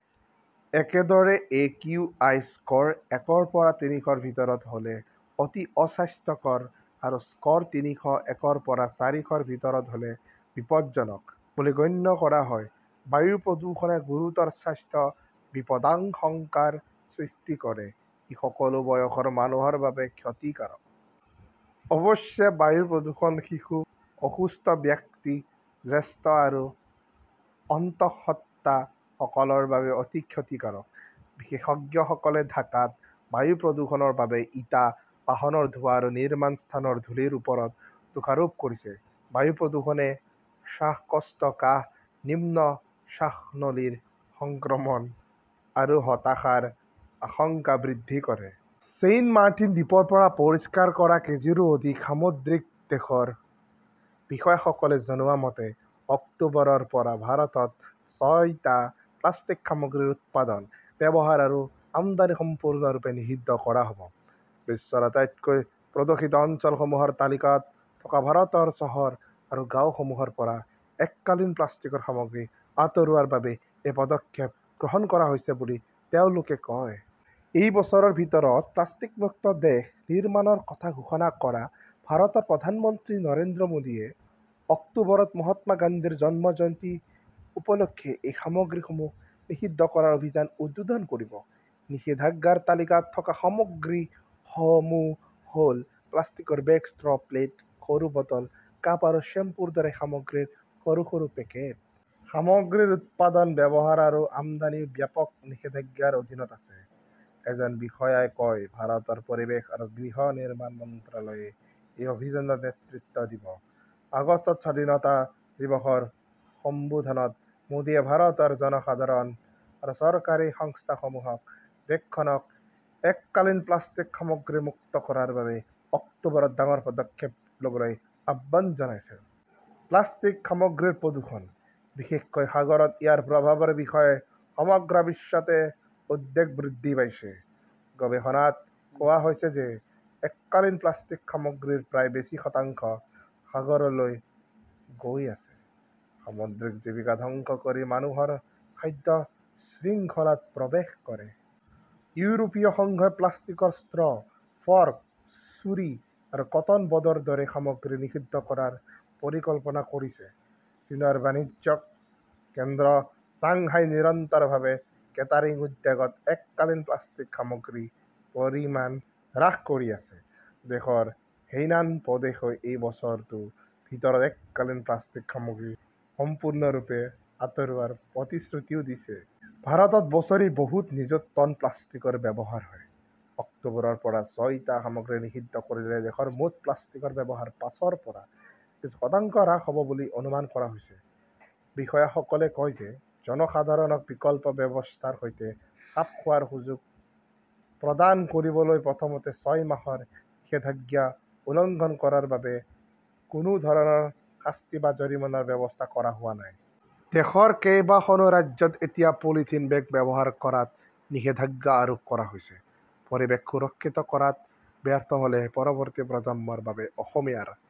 একেদৰে, AQI score একৰ পৰা তিনিশৰ ভিতৰত হ'লে "অতি অস্বাস্থ্যকৰ" আৰু স্ক'ৰ তিনিশ একৰ পৰা চাৰিশৰ ভিতৰত হ'লে "বিপদজনক" বুলি গণ্য কৰা হয়। বায়ু প্ৰদূষণে গুৰুতৰ স্বাস্থ্য বিপদাশংকাৰ সৃষ্টি কৰে। ই সকলো বয়সৰ মানুহৰ বাবে ক্ষতিকাৰক। অৱশ্যে, বায়ু প্ৰদূষণ শিশু, অসুস্থ ব্যক্তি, জ্যেষ্ঠ আৰু অন্তঃসত্ত্বা সকলৰ বাবে অতি ক্ষতিকাৰক। বিশেষজ্ঞসকলে ঢাকাত বায়ু প্ৰদূষণৰ বাবে ইটা, বাহনৰ ধোঁৱা আৰু নিৰ্মাণ স্থানৰ ধূলিৰ ওপৰত দোষাৰোপ কৰিছে। বায়ু প্ৰদূষণে শ্বাসকষ্ট, কাহ, নিম্ন শ্বাসনলীৰ সংক্ৰমণ আৰু হতাশাৰ আশংকা বৃদ্ধি কৰে। ছেইণ্টমাৰ্টিন দ্বীপৰ পৰা পৰিষ্কাৰ কৰা কেজিৰো অধিক সামুদ্ৰিকদেশৰ বিষয়াসকলে জনোৱা মতে অক্টোবৰৰ পৰা ভাৰতত ছয়টা প্লাষ্টিক সামগ্ৰীৰ উৎপাদন, ব্যৱহাৰ আৰু আমদানি সম্পূৰ্ণৰূপে নিষিদ্ধ কৰা হ'ব। বিশ্বৰ আটাইতকৈ প্ৰদূষিত অঞ্চলসমূহৰ তালিকাত থকা ভাৰতৰ চহৰ আৰু গাঁওসমূহৰ পৰা এককালীন প্লাষ্টিকৰ সামগ্ৰী আঁতৰোৱাৰ বাবে এই পদক্ষেপ গ্ৰহণ কৰা হৈছে বুলি তেওঁলোকে কয়। এই বছৰৰ ভিতৰত প্লাষ্টিকমুক্ত দেশ নিৰ্মাণৰ কথা ঘোষণা কৰা ভাৰতৰ প্ৰধানমন্ত্ৰী নৰেন্দ্ৰ মোদীয়ে অক্টোবৰত মহাত্মা গান্ধীৰ জন্ম জয়ন্তী উপলক্ষে এই সামগ্ৰীসমূহ নিষিদ্ধ কৰাৰ অভিযান উদ্বোধন কৰিব। নিষেধাজ্ঞাৰ তালিকাত থকা সামগ্ৰীসমূহ হ'ল প্লাষ্টিকৰ বেগ, ষ্ট্ৰ', প্লেট, সৰু বটল, কাপ আৰু শ্বেম্পুৰ দৰে সামগ্ৰীৰ সৰু সৰু পেকেট। "সামগ্ৰীৰ উৎপাদন, ব্যৱহাৰ আৰু আমদানিও ব্যাপক নিষেধাজ্ঞাৰ অধীনত আছে", এজন বিষয়াই কয়। ভাৰতৰ পৰিৱেশ আৰু গৃহ নিৰ্মাণ মন্ত্ৰালয়ে এই অভিযানৰ নেতৃত্ব দিব। আগষ্টত স্বাধীনতা দিৱসৰ সম্বোধনত মোদীয়ে ভাৰতৰ জনসাধাৰণ আৰু চৰকাৰী সংস্থাসমূহক দেশখনক এককালীন প্লাষ্টিক সামগ্ৰী মুক্ত কৰাৰ বাবে অক্টোবৰত ডাঙৰ পদক্ষেপ ল'বলৈ আহ্বান জনাইছিল। প্লাষ্টিক সামগ্ৰীৰ প্ৰদূষণ, বিশেষকৈ সাগৰত ইয়াৰ প্ৰভাৱৰ বিষয়ে সমগ্ৰ বিশ্বতে উদ্বেগ বৃদ্ধি পাইছে। গৱেষণাত কোৱা হৈছে যে এককালীন প্লাষ্টিক সামগ্ৰীৰ প্ৰায় বেছি শতাংশ সাগৰলৈ গৈ আছে। সামুদ্ৰিক জীৱিকা ধ্বংস কৰি মানুহৰ খাদ্য শৃংখলাত প্ৰৱেশ কৰে। ইউৰোপীয় সংঘই প্লাষ্টিকৰ ষ্ট্ৰ', ফৰ্ক, ছুৰী আৰু কটন বডৰ দৰে সামগ্ৰী নিষিদ্ধ কৰাৰ পৰিকল্পনা কৰিছে। চীনৰ বাণিজ্যিক কেন্দ্ৰ চাংহাই নিৰন্তৰভাৱে কেটাৰিং উদ্যোগত এককালীন প্লাষ্টিক সামগ্ৰীৰ পৰিমাণ হ্ৰাস কৰি আছে । দেশৰ হেইনান প্ৰদেশই এই বছৰটো ভিতৰত এককালীন প্লাষ্টিক সামগ্ৰী সম্পূৰ্ণৰূপে আঁতৰোৱাৰ প্ৰতিশ্ৰুতিও দিছে। ভাৰতত বছৰি বহুত নিযুত টন প্লাষ্টিকৰ ব্যৱহাৰ হয়, অক্টোবৰৰ পৰা ছয়টা সামগ্ৰী নিষিদ্ধ কৰিলে দেশৰ মুঠ প্লাষ্টিকৰ ব্যৱহাৰ পাঁচৰ পৰা কিছু শতাংশ হ্ৰাস হ'ব বুলি অনুমান কৰা হৈছে। বিষয়াসকলে কয় যে জনসাধাৰণক বিকল্প ব্যৱস্থাৰ সৈতে খাপ খোৱাৰ সুযোগ প্ৰদান কৰিবলৈ প্ৰথমতে ছয় মাহৰ নিষেধাজ্ঞা উলংঘন কৰাৰ বাবে কোনো ধৰণৰ শাস্তি বা জৰিমনাৰ ব্যৱস্থা কৰা হোৱা নাই। দেশৰ কেইবাখনো ৰাজ্যত এতিয়া পলিথিন বেগ ব্যৱহাৰ কৰাত নিষেধাজ্ঞা আৰোপ কৰা হৈছে। পৰিৱেশ সুৰক্ষিত কৰাত ব্যৰ্থ হ'লে পৰৱৰ্তী প্ৰজন্মৰ বাবে অসমীয়াৰ